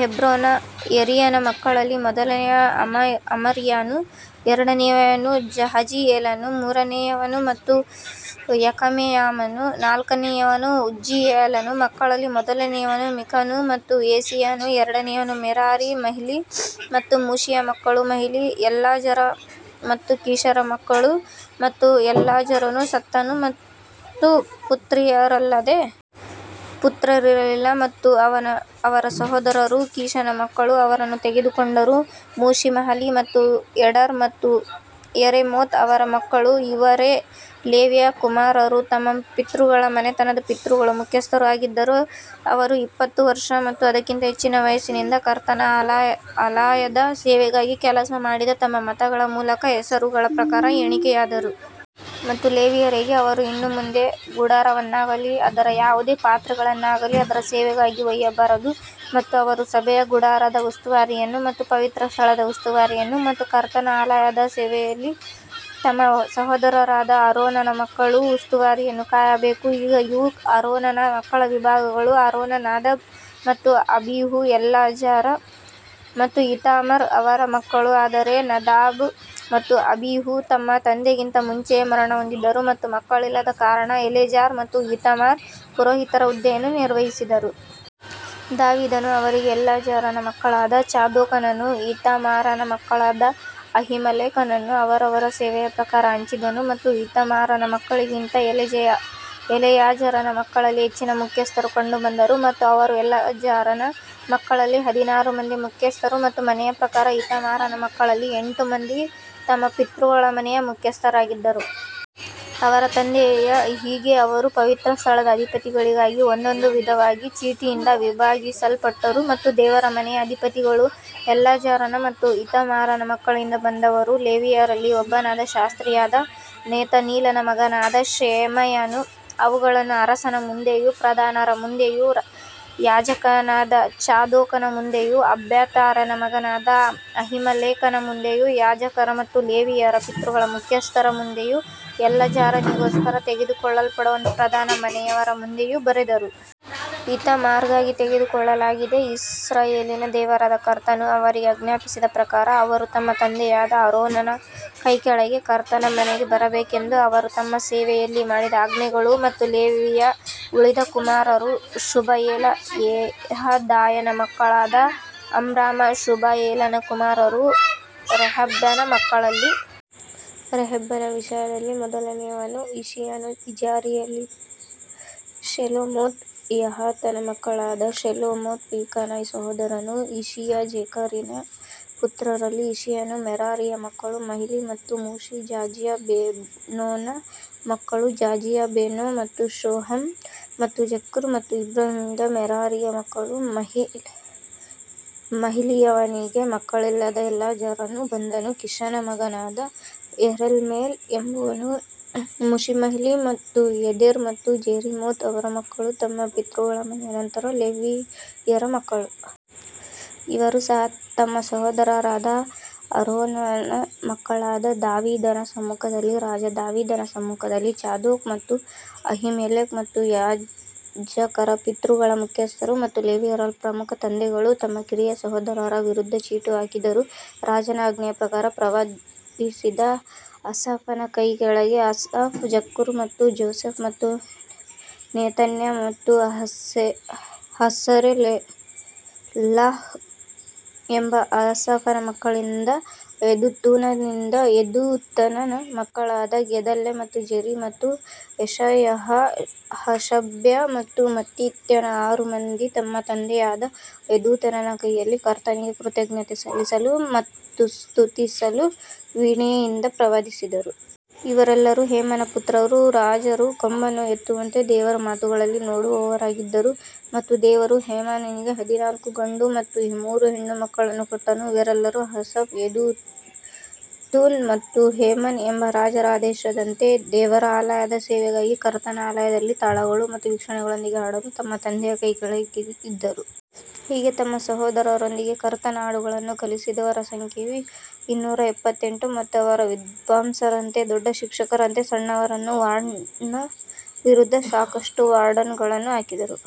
ಹೆಬ್ರೋನ ಯೆರೀಯನ ಮಕ್ಕಳಲ್ಲಿ ಮೊದಲನೆಯ ಅಮರ್ಯಾನು ಎರಡನೆಯವನು ಜಹಜಿಯೇಲನು ಮೂರನೆಯವನು ಮತ್ತು ಯೆಕಮೆಯಾಮನು ನಾಲ್ಕನೆಯವನು ಉಜ್ಜೀಯೇಲನ ಮಕ್ಕಳಲ್ಲಿ ಮೊದಲನೆಯವನು ಮಿಕನು ಮತ್ತು ಯೆಸೀಯನು ಎರಡನೆಯವನು ಮೆರಾರಿ ಮಹ್ಲಿ ಮತ್ತು ಮೂಷಿಯ ಮಕ್ಕಳು ಮಹ್ಲಿ ಎಲ್ಲಾಜಾರ ಮತ್ತು ಕೀಷರ ಮಕ್ಕಳು ಮತ್ತು ಎಲ್ಲಾಜಾರನು ಸತ್ತನು ಮತ್ತು ಪುತ್ರಿಯರಲ್ಲದೆ ಪುತ್ರರಿರಲಿಲ್ಲ ಮತ್ತು ಅವರ ಸಹೋದರರು ಕೀಷನ ಮಕ್ಕಳು ಅವರನ್ನು ತೆಗೆದುಕೊಂಡರು ಮೂಶಿ ಮಹಲಿ ಮತ್ತು ಎಡರ್ ಮತ್ತು ಯೆರೆಮೋತ್ ಅವರ ಮಕ್ಕಳು ಇವರೇ ಲೇವಿಯ ಕುಮಾರರು ತಮ್ಮ ಪಿತೃಗಳ ಮನೆತನದ ಪಿತೃಗಳ ಮುಖ್ಯಸ್ಥರೂ ಆಗಿದ್ದರು, ಅವರು ಇಪ್ಪತ್ತು ವರ್ಷ ಮತ್ತು ಅದಕ್ಕಿಂತ ಹೆಚ್ಚಿನ ವಯಸ್ಸಿನಿಂದ ಕರ್ತನ ಆಲಯದ ಸೇವೆಗಾಗಿ ಕೆಲಸ ಮಾಡಿದ ತಮ್ಮ ಮತಗಳ ಮೂಲಕ ಹೆಸರುಗಳ ಪ್ರಕಾರ ಎಣಿಕೆಯಾದರು. ಮತ್ತು ಲೇವಿಯರಿಗೆ ಅವರು ಇನ್ನು ಮುಂದೆ ಗುಡಾರವನ್ನಾಗಲಿ ಅದರ ಯಾವುದೇ ಪಾತ್ರೆಗಳನ್ನಾಗಲಿ ಅದರ ಸೇವೆಗಾಗಿ ಒಯ್ಯಬಾರದು. ಮತ್ತು ಅವರು ಸಭೆಯ ಗುಡಾರದ ಉಸ್ತುವಾರಿಯನ್ನು ಮತ್ತು ಪವಿತ್ರ ಸ್ಥಳದ ಉಸ್ತುವಾರಿಯನ್ನು ಮತ್ತು ಕರ್ತನ ಆಲಯದ ಸೇವೆಯಲ್ಲಿ ತಮ್ಮ ಸಹೋದರರಾದ ಆರೋನನ ಮಕ್ಕಳ ಉಸ್ತುವಾರಿಯನ್ನು ಕಾಯಬೇಕು. ಈಗ ಇವು ಆರೋನನ ಮಕ್ಕಳ ವಿಭಾಗಗಳು, ಆರೋನ ನಾದಾಬ್ ಮತ್ತು ಅಬೀಹು ಎಲ್ಲಾಜಾರ್ ಮತ್ತು ಈತಾಮಾರ್ ಅವರ ಮಕ್ಕಳು ಆದರೆ ನಾದಾಬ್ ಮತ್ತು ಅಬೀಹು ತಮ್ಮ ತಂದೆಗಿಂತ ಮುಂಚೆಯೇ ಮರಣಹೊಂದಿದರು ಮತ್ತು ಮಕ್ಕಳಿಲ್ಲದ ಕಾರಣ ಎಲೆಜಾರ್ ಮತ್ತು ಈತಾಮಾರ್ ಪುರೋಹಿತರ ಹುದ್ದೆಯನ್ನು ನಿರ್ವಹಿಸಿದರು. ದಾವೀದನು ಅವರಿಗೆ ಎಲ್ಲಾಜಾರನ ಮಕ್ಕಳಾದ ಚಾದೋಕನನ್ನೂ ಈತಾಮಾರನ ಮಕ್ಕಳಾದ ಅಹೀಮೆಲೆಕನನ್ನೂ ಅವರವರ ಸೇವೆಯ ಪ್ರಕಾರ ಹಂಚಿದನು. ಮತ್ತು ಈತಾಮಾರನ ಮಕ್ಕಳಿಗಿಂತ ಎಲೆಯಾಜರನ ಮಕ್ಕಳಲ್ಲಿ ಹೆಚ್ಚಿನ ಮುಖ್ಯಸ್ಥರು ಕಂಡುಬಂದರು ಮತ್ತು ಅವರು ಎಲ್ಲಾಜಾರನ ಮಕ್ಕಳಲ್ಲಿ ಹದಿನಾರು ಮಂದಿ ಮುಖ್ಯಸ್ಥರು ಮತ್ತು ಮನೆಯ ಪ್ರಕಾರ ಈತಾಮಾರನ ಮಕ್ಕಳಲ್ಲಿ ಎಂಟು ಮಂದಿ ತಮ್ಮ ಪಿತೃಗಳ ಮನೆಯ ಮುಖ್ಯಸ್ಥರಾಗಿದ್ದರು. ಅವರ ತಂದೆಯ ಹೀಗೆ ಅವರು ಪವಿತ್ರಸ್ಥಳದ ಅಧಿಪತಿಗಳಿಗಾಗಿ ಒಂದೊಂದು ವಿಧವಾಗಿ ಚೀಟಿಯಿಂದ ವಿಭಾಗಿಸಲ್ಪಟ್ಟರು ಮತ್ತು ದೇವರ ಮನೆಯ ಅಧಿಪತಿಗಳು ಎಲ್ಲಾಜಾರನ ಮತ್ತು ಈತಾಮಾರನ ಮಕ್ಕಳಿಂದ ಬಂದವರು. ಲೇವಿಯರಲ್ಲಿ ಒಬ್ಬನಾದ ಶಾಸ್ತ್ರಿಯಾದ ನೆತನೀಲನ ಮಗನಾದ ಶೆಮಾಯನು ಅವುಗಳನ್ನು ಅರಸನ ಮುಂದೆಯೂ ಪ್ರಧಾನರ ಮುಂದೆಯೂ ಯಾಜಕನಾದ ಚಾದೋಕನ ಮುಂದೆಯೂ ಅಬ್ಯಾತಾರನ ಮಗನಾದ ಅಹೀಮೆಲೆಕನ ಮುಂದೆಯೂ ಯಾಜಕರ ಮತ್ತು ಲೇವಿಯರ ಪಿತೃಗಳ ಮುಖ್ಯಸ್ಥರ ಮುಂದೆಯೂ ಎಲ್ಲಾಜಾರನಿಗೋಸ್ಕರ ತೆಗೆದುಕೊಳ್ಳಲ್ಪಡುವ ಒಂದು ಪ್ರಧಾನ ಮನೆಯವರ ಮುಂದೆಯೂ ಬರೆದರು. ಇತಾಮಾರ್ಗಾಗಿ ತೆಗೆದುಕೊಳ್ಳಲಾಗಿದೆ ಇಸ್ರಾಯೇಲಿನ ದೇವರಾದ ಕರ್ತನು ಅವರಿಗೆ ಆಜ್ಞಾಪಿಸಿದ ಪ್ರಕಾರ ಅವರು ತಮ್ಮ ತಂದೆಯಾದ ಆರೋನನ ಕೈಕೆಳಗೆ ಕರ್ತನ ಮನೆಗೆ ಬರಬೇಕೆಂದು ಅವರು ತಮ್ಮ ಸೇವೆಯಲ್ಲಿ ಮಾಡಿದ ಆಜ್ಞೆಗಳು. ಮತ್ತು ಲೇವಿಯ ಉಳಿದ ಕುಮಾರರು ಶುಬಾಯೇಲ ಯೆಹದಾಯನ ಮಕ್ಕಳಾದ ಅಮ್ರಾಮ ಶುಬಾಯೇಲನ ಕುಮಾರರು. ರೆಹಬ್ಯನ ಮಕ್ಕಳಲ್ಲಿ ರೆಹಬ್ಯನ ವಿಷಯದಲ್ಲಿ ಮೊದಲನೆಯವನು ಇಷೀಯನು ಇಜಾರಿಯರಲ್ಲಿ ಶೆಲೋಮೋತ್ ಯಹಾತನ ಮಕ್ಕಳಾದ ಶೆಲೋಮೋತ್ ಮಿಕನ ಸಹೋದರನು ಇಷೀಯ ಜೆಕರೀಯನ ಪುತ್ರರಲ್ಲಿ ಇಷೀಯನು ಮೆರಾರಿಯ ಮಕ್ಕಳು ಮಹ್ಲಿ ಮತ್ತು ಮೂಷಿ ಜಾಜಿಯಾ ಬೆನೋನ ಮಕ್ಕಳು ಜಾಜಿಯಾ ಬೆನೋ ಮತ್ತು ಶೋಹಮ್ ಮತ್ತು ಜಕ್ಕೂರ್ ಮತ್ತು ಇಬ್ರಿಯಿಂದ ಮೆರಾರಿಯ ಮಕ್ಕಳು ಮಹ್ಲಿಯವನಿಗೆ ಮಕ್ಕಳಿಲ್ಲದ ಎಲ್ಲಾಜಾರನು ಬಂದನು ಕೀಷನ ಮಗನಾದ ಯೆರಹ್ಮೇಲ್ ಎಂಬವನು ಮೂಷಿ ಮಹ್ಲಿ ಮತ್ತು ಎದೆರ್ ಮತ್ತು ಜೆರಿಮೋತ್ ಅವರ ಮಕ್ಕಳು ತಮ್ಮ ಪಿತೃಗಳ ಮನೆಯ ನಂತರ ಲೇವಿಯರ ಮಕ್ಕಳು. ಇವರೂ ಸಹ ತಮ್ಮ ಸಹೋದರರಾದ ಆರೋನನ ಮಕ್ಕಳಾದ ದಾವೀದನ ಸಮ್ಮುಖದಲ್ಲಿ ರಾಜ ದಾವೀದನ ಸಮ್ಮುಖದಲ್ಲಿ, ಚಾದೋಕ್ ಮತ್ತು ಅಹೀಮೆಲೆಕ್ ಮತ್ತು ಯಾಜಕರ ಪಿತೃಗಳ ಮುಖ್ಯಸ್ಥರು ಮತ್ತು ಲೇವಿಯರ ಪ್ರಮುಖ ತಂದೆಗಳು ತಮ್ಮ ಕಿರಿಯ ಸಹೋದರರ ವಿರುದ್ಧ ಚೀಟು ಹಾಕಿದರು. ರಾಜನ ಆಜ್ಞೆಯ ಪ್ರಕಾರ ಪ್ರವಾದಿಸಿದ ಆಸಾಫನ ಕೈಕೆಳಗೆ ಆಸಾಫ್ ಜಕ್ಕೂರ್ ಮತ್ತು ಜೋಸೆಫ್ ಮತ್ತು ನೆತನ್ಯ ಮತ್ತು ಅಸರೆಲಾಹ್ ಎಂಬ ಆಸಾಫನ ಮಕ್ಕಳಿಂದ ಯೆದುತೂನನಿಂದ ಯೆದುತೂನನ ಮಕ್ಕಳಾದ ಗೆದಲ್ಯ ಮತ್ತು ಜೆರಿ ಮತ್ತು ಯೆಷಯಹ ಹಷಬ್ಯ ಮತ್ತು ಮತ್ತಿತ್ಯನ ಆರು ಮಂದಿ ತಮ್ಮ ತಂದೆಯಾದ ಯೆದುತೂನನ ಕೈಯಲ್ಲಿ ಕರ್ತನಿಗೆ ಕೃತಜ್ಞತೆ ಸಲ್ಲಿಸಲು ಮತ್ತು ಸ್ತುತಿಸಲು ವೀಣೆಯಿಂದ ಪ್ರವಾದಿಸಿದರು. ಇವರೆಲ್ಲರೂ ಹೇಮನ ಪುತ್ರರು, ರಾಜರು ಕೊಂಬನ್ನು ಎತ್ತುವಂತೆ ದೇವರ ಮಾತುಗಳಲ್ಲಿ ನೋಡುವವರಾಗಿದ್ದರು ಮತ್ತು ದೇವರು ಹೇಮಾನನಿಗೆ ಹದಿನಾಲ್ಕು ಗಂಡು ಮತ್ತು ಮೂರು ಹೆಣ್ಣು ಮಕ್ಕಳನ್ನು ಕೊಟ್ಟನು. ಇವರೆಲ್ಲರೂ ಆಸಾಫ್ ಯೆದುತೂನ್ ಮತ್ತು ಹೇಮಾನ್ ಎಂಬ ರಾಜರ ಆದೇಶದಂತೆ ದೇವರ ಆಲಯದ ಸೇವೆಗಾಗಿ ಕರ್ತನ ಆಲಯದಲ್ಲಿ ತಾಳಗಳು ಮತ್ತು ವೀಣೆಗಳೊಂದಿಗೆ ಹಾಡಲು ತಮ್ಮ ತಂದೆಯ ಕೈಕೆಳಗೆ ಇದ್ದರು. ಹೀಗೆ ತಮ್ಮ ಸಹೋದರರೊಂದಿಗೆ ಕರ್ತನ ಹಾಡುಗಳನ್ನು ಕಲಿಸಿದವರ ಸಂಖ್ಯೆಯು ಇನ್ನೂರ ಎಪ್ಪತ್ತೆಂಟು. ಮತ್ತು ಅವರು ವಿದ್ವಾಂಸರಂತೆ ದೊಡ್ಡ ಶಿಕ್ಷಕರಂತೆ ಸಣ್ಣವರನ್ನೂ ವಾರ್ಡ್ನ ವಿರುದ್ಧ ಸಾಕಷ್ಟು ವಾರ್ಡ್ಗಳನ್ನು ಹಾಕಿದರು.